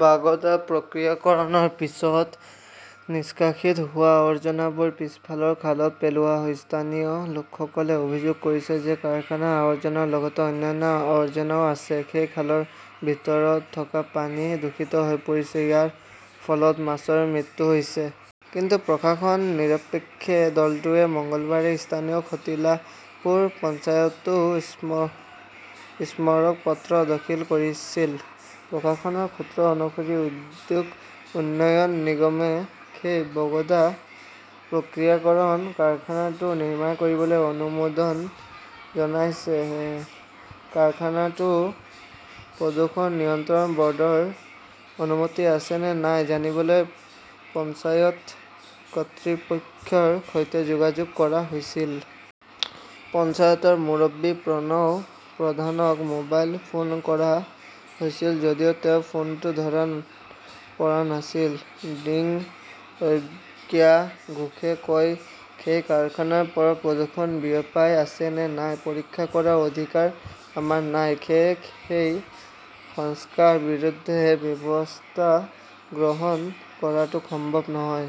বাগদা প্ৰক্ৰিয়াকৰণৰ পিছত নিষ্কাশিত হোৱা আৱৰ্জনাবোৰ পিছফালৰ খালত পেলোৱা হয়। স্থানীয় লোকসকলে অভিযোগ কৰিছে যে কাৰখানাৰ আৱৰ্জনাৰ লগতে অন্যান্য আৱৰ্জনাও আছে। সেই খালৰ ভিতৰত থকা পানী দূষিত হৈ পৰিছে। ইয়াৰ ফলত মাছৰ মৃত্যু হৈছে। কিন্তু প্ৰশাসন নিৰপেক্ষে। দলটোৱে মঙলবাৰে স্থানীয় সাতিলাপুৰ পঞ্চায়তো স্মাৰক পত্ৰ দাখিল কৰিছিল। প্ৰশাসনৰ সূত্ৰ অনুসৰি, উদ্যোগ উন্নয়ন নিগমে সেই বগদা প্ৰক্ৰিয়াকৰণ কাৰখানাটো নিৰ্মাণ কৰিবলৈ অনুমোদন জনাইছে। কাৰখানাটো প্ৰদূষণ নিয়ন্ত্ৰণ বৰ্ডৰ অনুমতি আছে নে নাই জানিবলৈ পঞ্চায়ত কৰ্তৃপক্ষৰ সৈতে যোগাযোগ কৰা হৈছিল। পঞ্চায়তৰ মুৰব্বী প্ৰণৱ প্ৰধানক মোবাইল ফোন কৰা হৈছিল যদিও তেওঁ ফোনটো ধৰা পৰা নাছিল। ডি. অৰ্গ্যা ঘোষে কয়, সেই কাৰখানাৰ পৰা প্ৰদূষণ বিয়পাই আছে নে নাই পৰীক্ষা কৰাৰ অধিকাৰ আমাৰ নাই। সেয়েহে সেই সংস্কাৰ বিৰুদ্ধে ব্যৱস্থা গ্ৰহণ কৰাটো সম্ভৱ নহয়।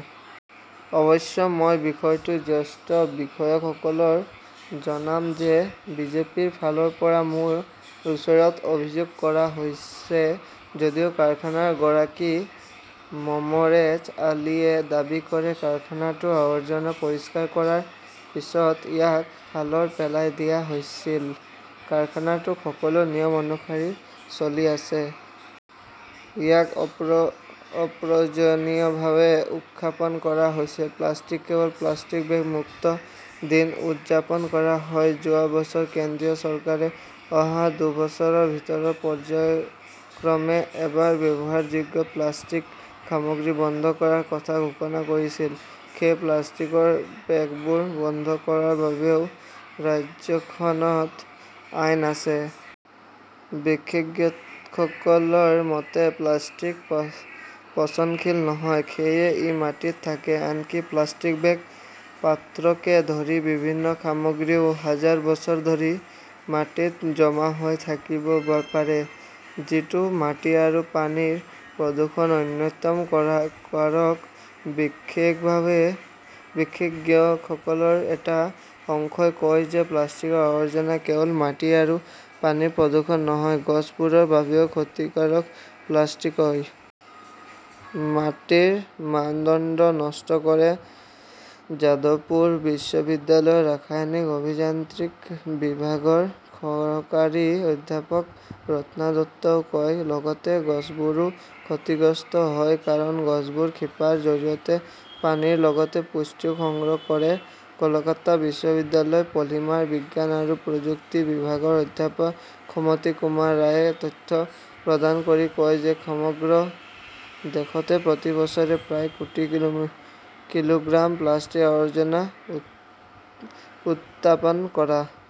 অৱশ্যে, মই বিষয়টো জ্যেষ্ঠ বিষয়াসকলৰ জনাম যে বিজেপিৰ ফালৰ পৰা মোৰ ওচৰত অভিযোগ কৰা হৈছে। যদিও কাৰখানাৰ গৰাকী মমৰেজ আলীয়ে দাবী কৰে, কাৰখানাটোৰ আৱৰ্জনা পৰিষ্কাৰ কৰাৰ পিছত ইয়াক খালত পেলাই দিয়া হৈছিল। কাৰখানাটো সকলো নিয়ম অনুসৰি চলি আছে। ইয়াক অপ্ৰজনীয়ভাৱে উখ্যাপন কৰা হৈছে। প্লাষ্টিক কেৱল প্লাষ্টিক বেগ-মুক্ত দিন উদযাপন কৰা হয় যোৱা বছৰ কেন্দ্ৰীয় চৰকাৰে অহা দুবছৰৰ ভিতৰত পৰ্য্যায়ক্ৰমে এবাৰ ব্যৱহাৰযোগ্য প্লাষ্টিক সামগ্ৰী বন্ধ কৰাৰ কথা ঘোষণা কৰিছিল। সেই প্লাষ্টিকৰ বেগবোৰ বন্ধ কৰাৰ বাবেও ৰাজ্যখনত আইন আছে। বিশেষজ্ঞতসকলৰ মতে, প্লাষ্টিক পচনশীল নহয়। সেয়ে ই মাটিত থাকে। আনকি প্লাষ্টিক বেগ, পাত্ৰকে ধৰি বিভিন্ন সামগ্ৰীও হাজাৰ বছৰ ধৰি মাটিত জমা হৈ থাকিব পাৰে। যিটো মাটি আৰু পানীৰ প্ৰদূষণৰ অন্যতম কাৰক। বিশেষজ্ঞসকলৰ এটা অংশই কয় যে প্লাষ্টিকৰ আৱৰ্জনা কেৱল মাটি আৰু পানীৰ প্ৰদূষণ নহয়, গছবোৰৰ বাবেও ক্ষতিকাৰক। প্লাষ্টিকই মাটিৰ মানদণ্ড নষ্ট কৰে, যাদৱপুৰ বিশ্ববিদ্যালয়ৰ ৰাসায়নিক অভিযান্ত্ৰিক বিভাগৰ সহকাৰী অধ্যাপক ৰত্না দত্তই কয়। লগতে গছবোৰো ক্ষতিগ্ৰস্ত হয়। কাৰণ, গছবোৰে শিপাৰ জৰিয়তে পানীৰ লগতে পুষ্টিও সংগ্ৰহ কৰে। কলকাতা বিশ্ববিদ্যালয়ৰ পলিমাৰ বিজ্ঞান আৰু প্ৰযুক্তি বিভাগৰ অধ্যাপক সমিতি কুমাৰ ৰায়ে তথ্য প্ৰদান কৰি কয় যে সমগ্ৰ দেশতে প্ৰতি বছৰে প্ৰায় কোটি কিলোগ্ৰাম প্লাষ্টিক-আৱৰ্জনা উত্তাপন কৰা।